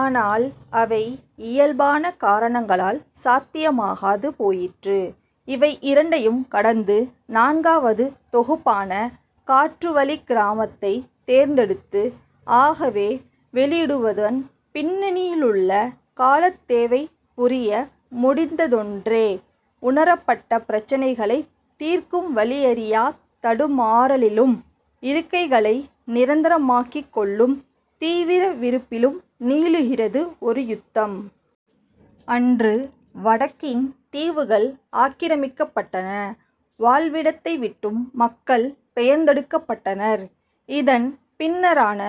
ஆனால் அவை இயல்பான காரணங்களால் சாத்தியமாகாது போயிற்று. இவை இரண்டையும் கடந்து நான்காவது தொகுப்பான "காற்றுவழிக் கிராமத்தை" தேர்ந்தெடுத்து "ஆகவே" வெளியிடுவதன் பின்னணியிலுள்ள காலத்தேவை புரிய முடிந்ததொன்றே. உணரப்பட்ட பிரச்சினைகளைத் தீர்க்கும் வழியறியாத் தடுமாறலிலும் இருக்கைகளை நிரந்தரமாக்கிக் கொள்ளும் தீவிர விருப்பிலும் நீளுகிறது ஒரு யுத்தம். அன்று வடக்கின் தீவுகள் ஆக்கிரமிக்கப்பட்டன. வாழ்விடத்தை விட்டும் மக்கள் பெயர்த்தெடுக்கப்பட்டனர். இதன் பின்னரான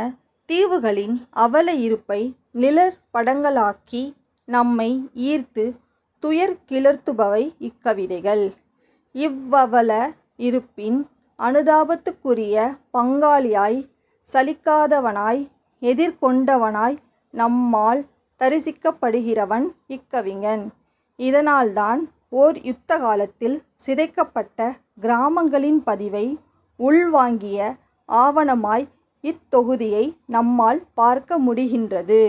தீவுகளின் அவல இருப்பை நிழற் படங்களாக்கி நம்மை ஈர்த்து துயர் கிளர்த்துபவை இக்கவிதைகள். இவ்வவல இருப்பின் அனுதாபத்துக்குரிய பங்காளியாய், சலிக்காதவனாய், எதிர்கொண்டவனாய் நம்மால் தரிசிக்கப்படுகிறவன் இக்கவிஞன். இதனால் தான் ஓர் யுத்தகாலத்தில் சிதைக்கப்பட்ட கிராமங்களின் பதிவை உள்வாங்கிய ஆவணமாய் இத்தொகுதியை நம்மால் பார்க்க முடிகின்றது.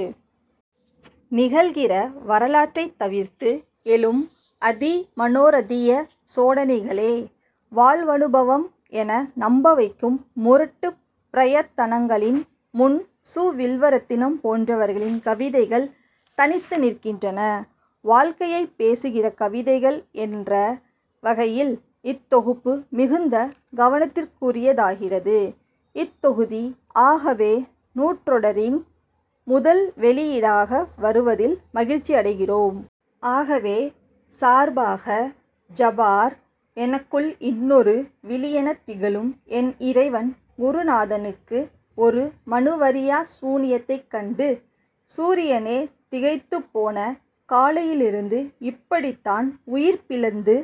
நிகழ்கிற வரலாற்றைத் தவிர்த்து எழும் அதிமனோரதிய சோடனைகளே வாழ்வனுபவம் என நம்பவைக்கும் முரட்டுப் பிரயத்தனங்களின் முன் சு. வில்வரெத்தினம் போன்றவர்களின் கவிதைகள் தனித்து நிற்கின்றன. வாழ்க்கையைப் பேசுகிற கவிதைகள் என்ற வகையில் இத்தொகுப்பு மிகுந்த கவனத்திற்குரியதாகிறது. இத்தொகுதி 'ஆகவே' நூற்றொடரின் முதல் வெளியீடாக வருவதில் மகிழ்ச்சியடைகிறோம். 'ஆகவே' சார்பாக, ஜபார். எனக்குள் இன்னொரு விழியெனத் திகழும் என் இறைவன் குருநாதனுக்கு ஒரு மனுவறியாச் சூனியத்தைக் கண்டு சூரியனே திகைத்துப் போன காலையிலிருந்து இப்படித்தான் உயிர்ப்பிழந்து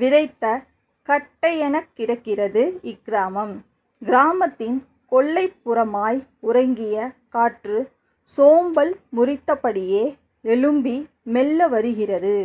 விறைத்த கட்டையெனக் கிடக்கிறது இக்கிராமம். கிராமத்தின் கொல்லைப் புறமாய் உறங்கிய காற்று சோம்பல் முறித்தபடியே எழும்பி மெல்ல வருகிறது.